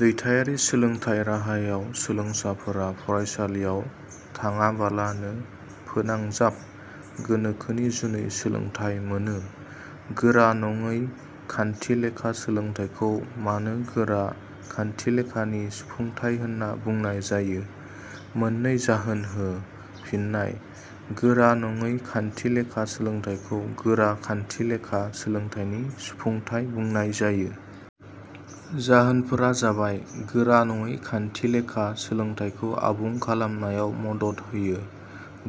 दैथाइयारि सोलोंथाइ राहायाव सोलोंसाफोरा फरायसालियाव थांआबालानो फोनांजाब गोनोखोनि जुनै सोलोंथाइ मोनो।. गोरा नङै खान्थिलेखा सोलोंथाइखौ मानो गोरा खान्थिलेखानि सुफुंथाइ होनना बुंनाय जायो? मोननै जाहोन हो। फिन्नाय: गोरा नङै खान्थिलेखा सोलोंथाइखौ गोरा खान्थिलेखा सोलोंथाइनि सुफुंथाइ बुंनाय जायो। जाहोनफोरा जाबाय:. गोरा नङै खान्थिलेखा सोलोंथाइखौ आबुं खालामनायाव मदद होयो।.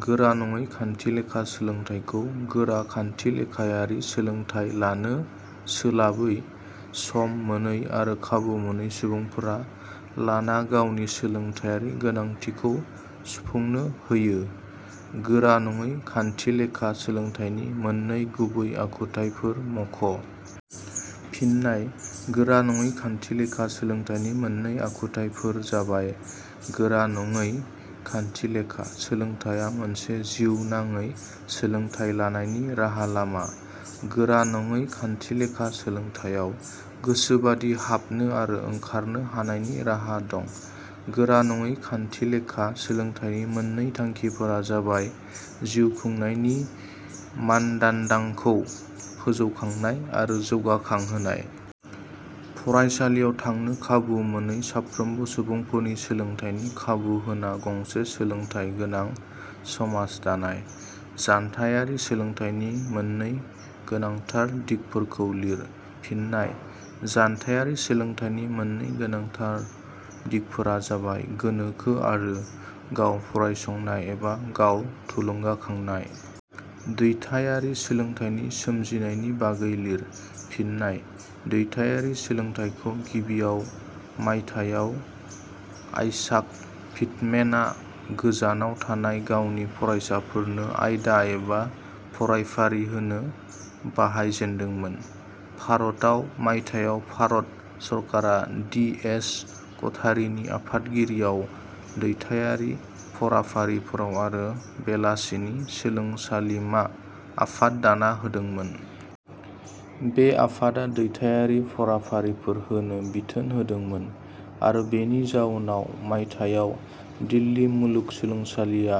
गोरा नङै खान्थिलेखा सोलोंथाइखौ गोरा खान्थिलेखायारि सोलोंथाइ लानो सोलाबै, सम मोनै आरो खाबु मोनै सुबुंफोरा लाना गावनि सोलोंथाइयारि गोनांथिखौ सुफुंनो होयो।. गोरा नङै खान्थिलेखा सोलोंथाइनि मोननै गुबै आखुथाइफोर मख'। फिन्नाय: गोरा नङै खान्थिलेखा सोलोंथाइनि मोननै आखुथाइफोर जाबाय:. गोरा नङै खान्थिलेखा सोलोंथाइया मोनसे जिउ नाङै सोलोंथाइ लानायनि राहा लामा।. गोरा नङै खान्थिलेखा सोलोंथाइयाव गोसोबादि हाबनो आरो ओंखारनो हानायनि राहा दं।.गोरा नङै खान्थिलेखा सोलोंथाइनि मोननै थांखिफोरा जाबाय: जिउ खुंनायनि मानदान्दांखौ फोजौखांनाय आरो जौगाखांहोनाय। फरायसालियाव थांनो खाबु मोनै साफ्रोमबो सुबुंफोरनि सोलोंथाइनि खाबु होना गंसे सोलोंथाइ गोनां समास दानाय।. जानथायारि सोलोंथाइनि मोननै गोनांथार दिगफोरखौ लिर। फिन्नाय: जानथायारि सोलोंथाइनि मोननै गोनांथार दिगफोरा जाबाय:. गोनोखो आरो. गाव फरायसंनाय एबा गाव थुलुंगाखांनाय।. दैथाइयारि सोलोंथाइनि सोमजिनायनि बागै लिर। फिन्नाय: दैथाइयारि सोलोंथाइखौ गिबियाव मायथाइयाव आयसाक पिटमेन आ गोजानाव थानाय गावनि फरायसाफोरनो '' आयदा एबा फरायफारि होनो बाहाय जेनदोंमोन। भारताव मायथाइयाव भारत सरकारा डि. एस. कथारिनि आफादगिरियाव दैथाइयारि फराफारिफोराव आरो बेलासेनि सोलोंसालिमा आफाद दाना होदोंमोन। बे आफादा दैथाइयारि फराफारिफोर होनो बिथोन होदोंमोन आरो बेनि जाउनाव मायथाइयाव दिल्ली मुलुगसोलोंसालिया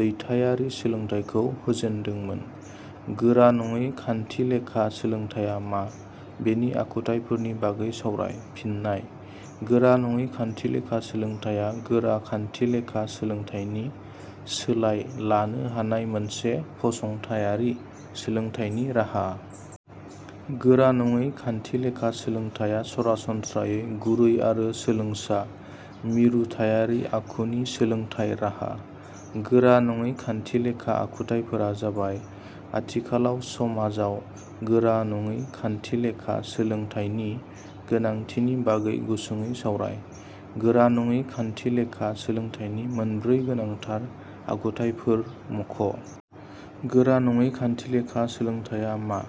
दैथाइयारि सोलोंथाइखौ होजेनदोंमोन।. गोरा नङै खान्थिलेखा सोलोंथाइया मा? बेनि आखुथाइफोरनि बागै सावराय। फिन्नाय: गोरा नङै खान्थिलेखा सोलोंथाइया गोरा खान्थिलेखा सोलोंथाइनि सोलाय लानो हानाय मोनसे फसंथाइयारि सोलोंथाइनि राहा। गोरा नङै खान्थिलेखा सोलोंथाइया सरासनस्रायै गुरै आरो सोलोंसा – मिरुथाइयारि आखुनि सोलोंथाइ राहा। गोरा नङै खान्थिलेखा आखुथाइफोरा जाबाय:.आथिखालाव समाजाव गोरा नङै खान्थिलेखा सोलोंथाइनि गोनांथिनि बागै गुसुङै सावराय।. गोरा नङै खान्थिलेखा सोलोंथाइनि मोनब्रै गोनांथार आखुथाइफोर मख'।. गोरा नङै खान्थिलेखा सोलोंथाइया मा?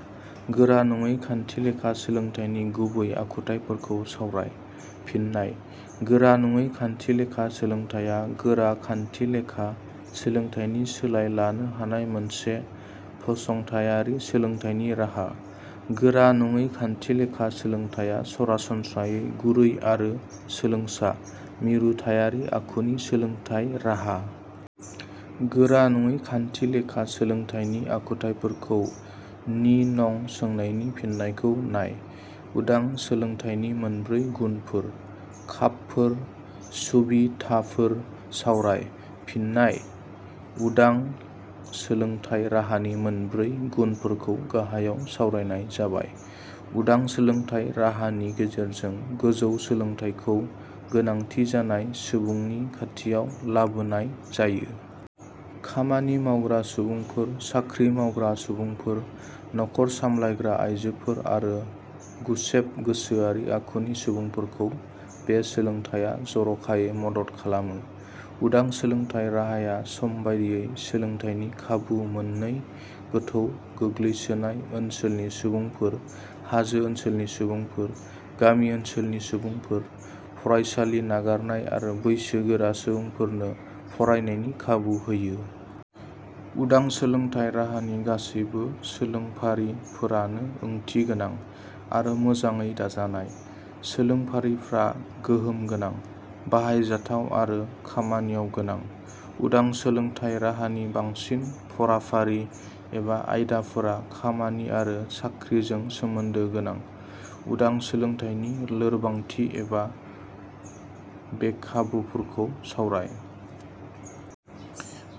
गोरा नङै खान्थिलेखा सोलोंथाइनि गुबै आखुथाइफोरखौ सावराय। फिन्नाय: गोरा नङै खान्थिलेखा सोलोंथाइया गोरा खान्थिलेखा सोलोंथाइनि सोलाय लानो हानाय मोनसे फसंथाइयारि सोलोंथाइनि राहा। गोरा नङै खान्थिलेखा सोलोंथाइया सरासनस्रायै गुरै आरो सोलोंसा – मिरुथाइयारि आखुनि सोलोंथाइ राहा। गोरा नङै खान्थिलेखा सोलोंथाइनि आखुथाइफोरखौ नि नं सोंनायनि फिननायखौ नाय।. उदां सोलोंथाइनि मोनब्रै गुनफोर/खाबफोर/ सुबिधाफोर सावराय। फिन्नाय: उदां सोलोंथाइ राहानि मोनब्रै गुनफोरखौ गाहायाव सावरायनाय जाबाय:. उदां सोलोंथाइ राहानि गेजेरजों गोजौ सोलोंथाइखौ गोनांथि जानाय सुबुंनि खाथियाव लाबोनाय जायो। खामानि मावग्रा सुबुंफोर, साख्रि मावग्रा सुबुंफोर, नख'र सामलायग्रा आइजोफोर आरो गुसेब गोसोआरि आखुनि सुबुंफोरखौ बे सोलोंथाइया जर'खायै मदद खालामो।. उदां सोलोंथाइ राहाया समबादियै सोलोंथाइनि खाबु मोनै गोथौ गोग्लैसोनाय ओनसोलनि सुबुंफोर, हाजो ओनसोलनि सुबुंफोर, गामि ओनसोलनि सुबुंफोर, फरायसालि नागारनाय आरो बैसो गोरा सुबुंफोरनो फरायनायनि खाबु होयो।. उदां सोलोंथाइ राहानि गासैबो सोलोंफारि फोरानो ओंथि गोनां आरो मोजाङै दाजानाय। सोलोंफारिफ्रा गोहोम गोनां, बाहायजाथाव आरो खामानियाव गोनां।. उदां सोलोंथाइ राहानि बांसिन फराफारि एबा आयदाफोरा खामानि आरो साख्रिजों सोमोन्दो गोनां।.उदां सोलोंथाइनि लोरबांथि एबा बेखाबुफोरखौ सावराय।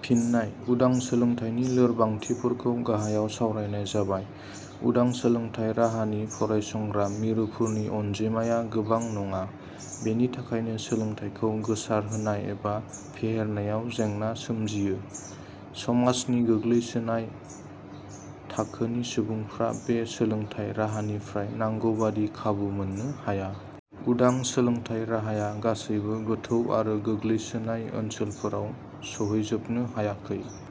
फिन्नाय: उदां सोलोंथाइनि लोरबांथि फोरखौ गाहायाव सावरायनाय जाबाय: उदां सोलोंथाइ राहानि फरायसंग्रा मिरुफोरनि अनजिमाया गोबां नङा, बेनि थाखायनो सोलोंथाइखौ गोसार होनाय एबा फेहेरनायाव जेंना सोमजियो। समाजनि गोग्लैसोनाय थाखोनि सुबुंफ्रा बे सोलोंथाइ राहानिफ्राय नांगौबादि खाबु मोननो हाया। उदां सोलोंथाइ राहाया गासैबो गोथौ आरो गोग्लैसोनाय ओनसोलफोराव सहैजोबनो हायाखै।